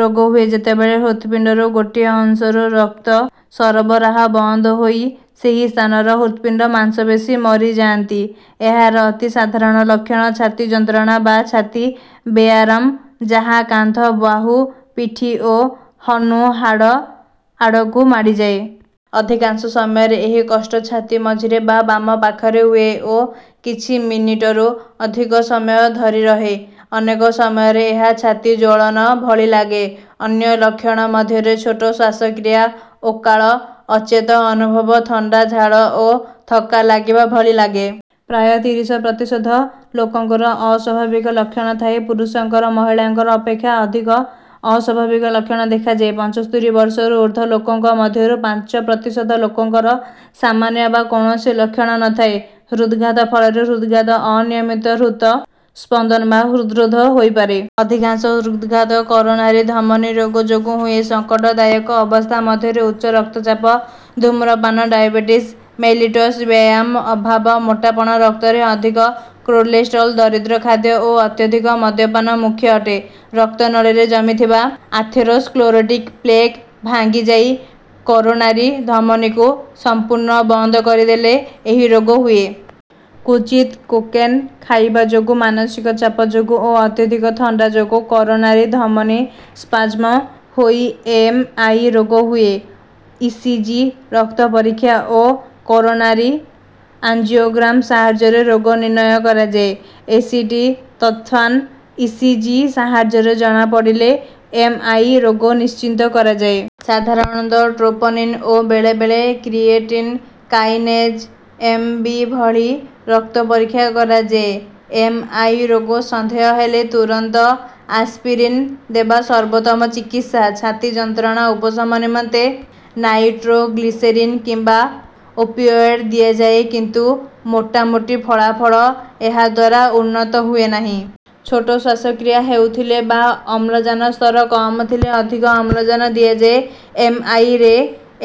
ରୋଗ ହୁଏ ଯେତେବେଳେ ହୃତ୍ପିଣ୍ଡର ଗୋଟିଏ ଅଂଶକୁ ରକ୍ତ ସରବରାହ ବନ୍ଦ ହୋଇ ସେହି ସ୍ଥାନର ହୃତ୍ପିଣ୍ଡ ମାଂସପେଶୀ ମରିଯାଆନ୍ତି। ଏହାର ଅତି ସାଧାରଣ ଲକ୍ଷଣ ଛାତି ଯନ୍ତ୍ରଣା ବା ଛାତି ବେଆରାମ ଯାହା କାନ୍ଧ ବାହୁ ପିଠି ଓ ହନୁ ହାଡ଼ ଆଡ଼କୁ ମାଡ଼ିଯାଏ। ଅଧିକାଂଶ ସମୟରେ ଏହି କଷ୍ଟ ଛାତି ମଝିରେ ବା ବାମ ପାଖରେ ହୁଏ ଓ କିଛି ମିନିଟରୁ ଅଧିକ ସମୟ ଧରି ରହେ। ଅନେକ ସମୟରେ ଏହା ଛାତି ଜ୍ୱଳନ ଭଳି ଲାଗେ। ଅନ୍ୟ ଲକ୍ଷଣ ମଧ୍ୟରେ ଛୋଟ ଶ୍ୱାସକ୍ରିୟା ଓକାଳ ଅଚେତ ଅନୁଭବ ଥଣ୍ଡା ଝାଳ ଓ ଥକ୍କା ଲାଗିବା ଭଳି ଲାଗେ। ପ୍ରାୟ ତିରିଶ ପ୍ରତିଶତ ଲୋକଙ୍କର ଅସ୍ୱାଭାବିକ ଲକ୍ଷଣ ଥାଏ ପୁରୁଷଙ୍କର ମହିଳାଙ୍କ ଅପେକ୍ଷା ଅଧିକ ଅସ୍ୱାଭାବିକ ଲକ୍ଷଣ ଦେଖାଯାଏ। ପଞ୍ଚସ୍ତରି ବର୍ଷରୁ ଉର୍ଦ୍ଧ୍ୱ ଲୋକଙ୍କ ମଧ୍ୟରୁ ପାଞ୍ଚ ପ୍ରତିଶତ ଲୋକଙ୍କର ସାମାନ୍ୟ ବା କୌଣସି ଲକ୍ଷଣ ନ ଥାଏ। ହୃଦ୍ଘାତ ଫଳରେ ହୃଦ୍ପାତ ଅନିୟମିତ ହୃତ ସ୍ପନ୍ଦନ ବା ହୃଦ୍ରୋଧ ହୋଇପାରେ। ଅଧିକାଂଶ ହୃଦ୍ଘାତ କରୋନାରୀ ଧମନୀ ରୋଗ ଯୋଗୁ ହୁଏ। ସଙ୍କଟ ଦାୟକ ଅବସ୍ଥା ମଧ୍ୟରେ ଉଚ୍ଚ ରକ୍ତଚାପ ଧୂମ୍ରପାନ ଡାଏବେଟିସ ମେଲିଟସ ବ୍ୟାୟାମ ଅଭାବ ମୋଟାପଣ ରକ୍ତରେ ଅଧିକ କୋଲେଷ୍ଟ୍ରଲ୍ ଦରିଦ୍ର ଖାଦ୍ୟ ଓ ଅତ୍ୟଧିକ ମଦ୍ୟପାନ ମୂଖ୍ୟ ଅଟେ। ରକ୍ତନଳୀରେ ଜମିଥିବା ଆଥେରୋସ୍କ୍ଲେରୋଟିକ ପ୍ଲେକ ଭାଙ୍ଗିଯାଇ କରୋନାରୀ ଧମନୀକୁ ସମ୍ପୁର୍ଣ୍ଣ ବନ୍ଦ କରିଦେଲେ ଏହି ରୋଗ ହୁଏ। କ୍ୱଚିତ କୋକେନ ଖାଇବା ଯୋଗୁ ମାନସିକ ଚାପ ଯୋଗୁ ଓ ଅତ୍ୟଧିକ ଥଣ୍ଡା ଯୋଗୁ କରୋନାରି ଧମନୀର ସ୍ପାଜ୍ମ ହୋଇ ଏମ ଆଇ ରୋଗ ହୁଏ। ଇସିଜି ରକ୍ତ ପରୀକ୍ଷା ଓ କରୋନାରୀ ଆଞ୍ଜିଓଗ୍ରାମ ସାହାଯ୍ୟରେ ରୋଗ ନିର୍ଣ୍ଣୟ କରାଯାଏ। ଏସଟି ତତ୍ଥାନ ଇସିଜି ସାହାଯ୍ୟରେ ଜଣାପଡ଼ିଲେ ଏମ ଆଇ ରୋଗ ନିଶ୍ଚିତ କରାଯାଏ। ସାଧାରଣତଃ ଟ୍ରୋପୋନିନ ଓ ବେଳେ ବେଳେ କ୍ରିଏଟିନ କାଇନେଜ ଏମ ବି ଭଳି ରକ୍ତ ପରୀକ୍ଷା କରାଯାଏ। ଏମ ଆଇ ରୋଗ ସନ୍ଦେହ ହେଲେ ତୁରନ୍ତ ଆସ୍ପିରିନ ଦେବା ସର୍ବୋତ୍ତମ ଚିକିତ୍ସା। ଛାତି ଯନ୍ତ୍ରଣା ଉପଶମ ନିମନ୍ତେ ନାଇଟ୍ରୋଗ୍ଲିସେରିନ କିମ୍ବା ଓପିଅଏଡ଼ ଦିଆଯାଏ କିନ୍ତୁ ମୋଟାମୋଟି ଫଳାଫଳ ଏହାଦ୍ୱାରା ଉନ୍ନତ ହୁଏ ନାହିଁ। ଛୋଟ ଶ୍ୱାସକ୍ରିୟା ହେଉଥିଲେ ବା ଅମ୍ଳଜାନ ସ୍ତର କମ ଥିଲେ ଅଧିକ ଅମ୍ଳଜାନ ଦିଆଯାଏ। ଏମ ଆଇ ରେ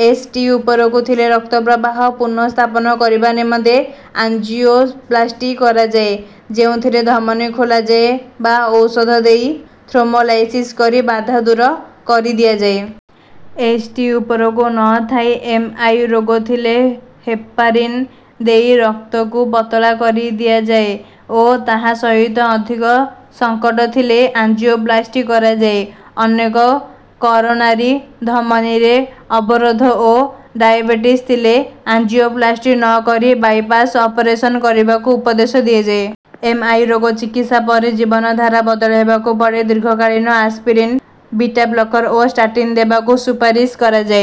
ଏସ ଟି ଉପରକୁ ଥିଲେ ରକ୍ତ ପ୍ରବାହ ପୁନଃସ୍ଥାପନ କରିବା ନିମନ୍ତେ ଆଞ୍ଜିଓପ୍ଲାସ୍ଟି କରାଯାଏ ଯେଉଁଥିରେ ଧମନୀ ଖୋଲାଯାଏ ବା ଔଷଧ ଦେଇ ଥ୍ରୋମ୍ବୋଲାଇସିସ କରି ବାଧା ଦୂର କରିଦିଆଯାଏ। ଏସ ଟି ଉପରକୁ ନ ଥାଇ ଏମ ଆଇ ରୋଗ ଥିଲେ ହେପାରିନ ଦେଇ ରକ୍ତକୁ ପତଳା କରିଦିଆଯାଏ ଓ ତାହା ସହିତ ଅଧିକ ସଙ୍କଟ ଥିଲେ ଆଞ୍ଜିଓପ୍ଲାସ୍ଟି କରାଯାଏ। ଅନେକ କରୋନାରୀ ଧମନୀରେ ଅବରୋଧ ଓ ଡାଏବେଟିସ ଥିଲେ ଆଞ୍ଜିଓପ୍ଲାସ୍ଟି ନ କରି ବାଇପାସ ଅପରେଶନ କରିବାକୁ ଉପଦେଶ ଦିଆଯାଏ। ଏମ ଆଇ ରୋଗ ଚିକିତ୍ସା ପରେ ଜୀବନ ଧାରା ବଦଳେଇବାକୁ ପଡ଼େ ଦୀର୍ଘକାଳୀନ ଆସ୍ପିରିନ ବିଟାବ୍ଲକର ଓ ସ୍ଟାଟିନ ଦେବାକୁ ସୁପାରିସ କରାଯାଏ।